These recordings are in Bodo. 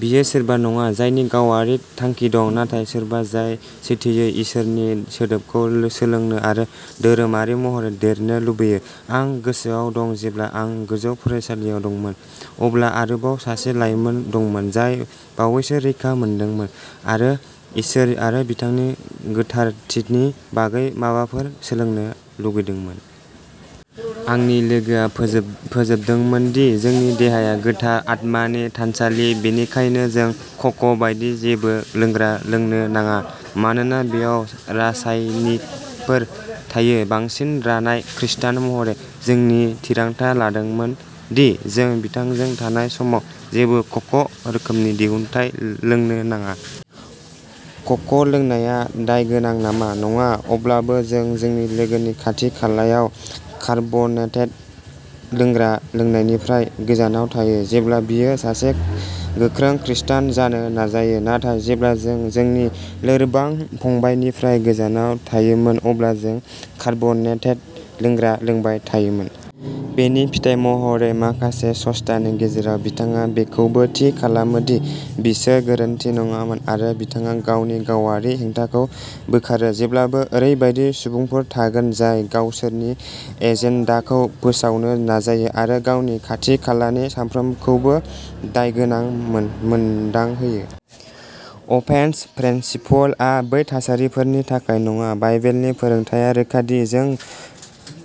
बियो सोरबा नङा जायनि गावारि थांखि दं। नाथाय सोरबा जाय सैथोयै इसोरनि सोदोबखौ लो सोलोंनो आरो धोरोमारि महरै देरनो लुबैयो। आं गोसोआव दं जेब्ला आं गोजौ फरायसालियाव दंमोन, अब्ला आरोबाव सासे लाइमोन दंमोन। जाय बावैसो रैखा मोन्दोंमोन आरो इसोर आरो बिथांनि गोथारथिनि बागै माबाफोर सोलोंनो लुगैदोंमोन। आंनि लोगोआ फोजोब-फोजोबदोंमोन दि जोंनि देहाया गोथार आत्मानि थानसालि। बेनिखायनो जों क'क' बायदि जेबो लोंग्रा लोंनो नाङा। मानोना बेयाव रासायनिकफोर थायो। बांसिन रानाय खृस्टान महरै, जोंनि थिरांथा लादोंमोन दि जों बिथांजों थानाय समाव जेबो क'क' रोखोमनि दिहुनथाय लोंनो नाङा। क'क लोंनाया दायगोनां नामा? नङा। अब्लाबो जों जोंनि लोगोनि खाथि-खालायाव कार्बनेटेड लोंग्रा लोंनायनिफ्राय गोजानाव थायो, जेब्ला बियो सासे गोख्रों खृस्टान जानो नाजायो। नाथाय, जेब्ला जों जोंनि लोरबां फंबायनिफ्राय गोजानाव थायोमोन, अब्ला जों कार्बनेटेड लोंग्रा लोंबाय थायोमोन। बेनि फिथाइ महरै माखासे सस्थानि गेजेराव बिथाङा बेखौबो थि खालामो दि बिसोर गोरोन्थि नङामोन आरो बिथाङा गावनि गावारि हेंथाखौ बोखारो। जेब्लाबो ओरैबायदि सुबुंफोर थागोन, जाय गावसोरनि एजेन्डाखौ फोसावनो नाजायो आरो गावनि खाथि-खालानि साफ्रोमखौबो दायगोनां मोन-मोनदांहोयो। अफेन्स प्रेन्सिपलआ बै थासारिफोरनि थाखाय नङा। बाइबेलनि फोरोंथाया रोखा दि जों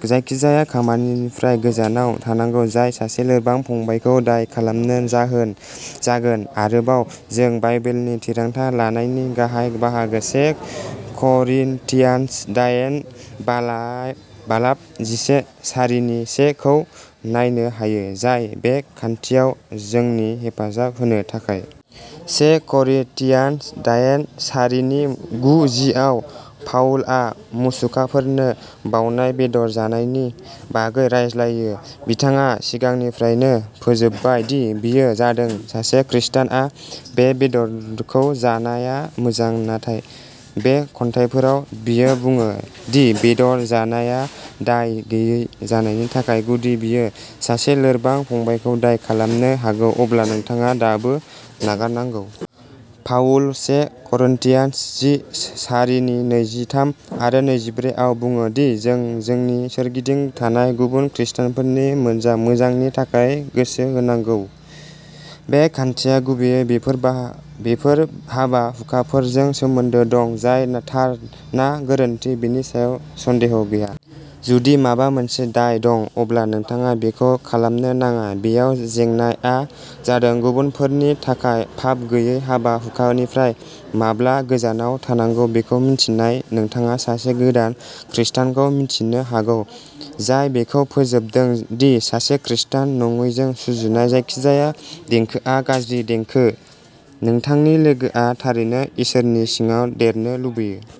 जायखिजाया खामानिनिफ्राय गोजानाव थानांगौ। जाय सासे लोरबां फंबायखौ दाय खालामनो जाहोन जागोन। आरोबाव जों बाइबेलनि थिरांथा लानायनि गाहाय बाहागो से करिन्थियान्स दायेन बाला-बालाब जिसे सारिनि सेखौ नायनो हायो। जाय बे खान्थियाव जोंनि हेफाजाब होनो थाखाय से करिन्थियान्स दायेन सारिनि गु जि आव पाउलआ मुसुखाफोरनो बावनाय बेदर जानायनि बागै रायज्लायो। बिथाङा सिगांनिफ्रायनो फोजोबबाय दि बेयो जादों सासे खृष्टानआ बे बेदरखौ जानाया मोजां। नाथाय बे खन्थाइफोराव बियो बुङो दि बेदर जानाया दाय गैयै जानायनि थाखाय, गुदि बेयो सासे लोरबां फंबायखौ दाय खालामनो हागौ, अब्ला नोंथाङा दाबो नागारनांगौ। पाउला से करिन्थियान्स जि सारिनि नैजिथाम आरो नैजिब्रैआव बुङो दि जों जोंनि सोरगिदिं थानाय गुबुन खृष्टानफोरनि मोनज-मोजांनि थाखाय गोसो होजानांगौ। बे खान्थिया गुबैयै बैफोर बा बैफोर हाबा-हुखाफोरजों सोमोन्दो दं, जाय ना थार ना गोरोन्थि, बेनि सायाव सन्देह गैया। जुदि माबा मोनसे दाय दं, अब्ला नोंथाङा बेखौ खालामनो नाङा। बेयाव जेंनाआ जादों गुबुनफोरनि थाखाय पाप गैयै हाबा-हुखानिफ्राय माब्ला गोजानाव थानांगौ बेखौ मिन्थिनाय। नोंथाङा सासे गोदान खृष्टानखौ मिन्थिनो हागौ, जाय बेखौ फोजोबदों दि सासे खृष्टान नङैजों सुजुनाय जायखिजाया देंखोआ गाज्रि देंखो। नोंथांनि लोगोआ थारैनो इसोरनि सिङाव देरनो लुबैयो।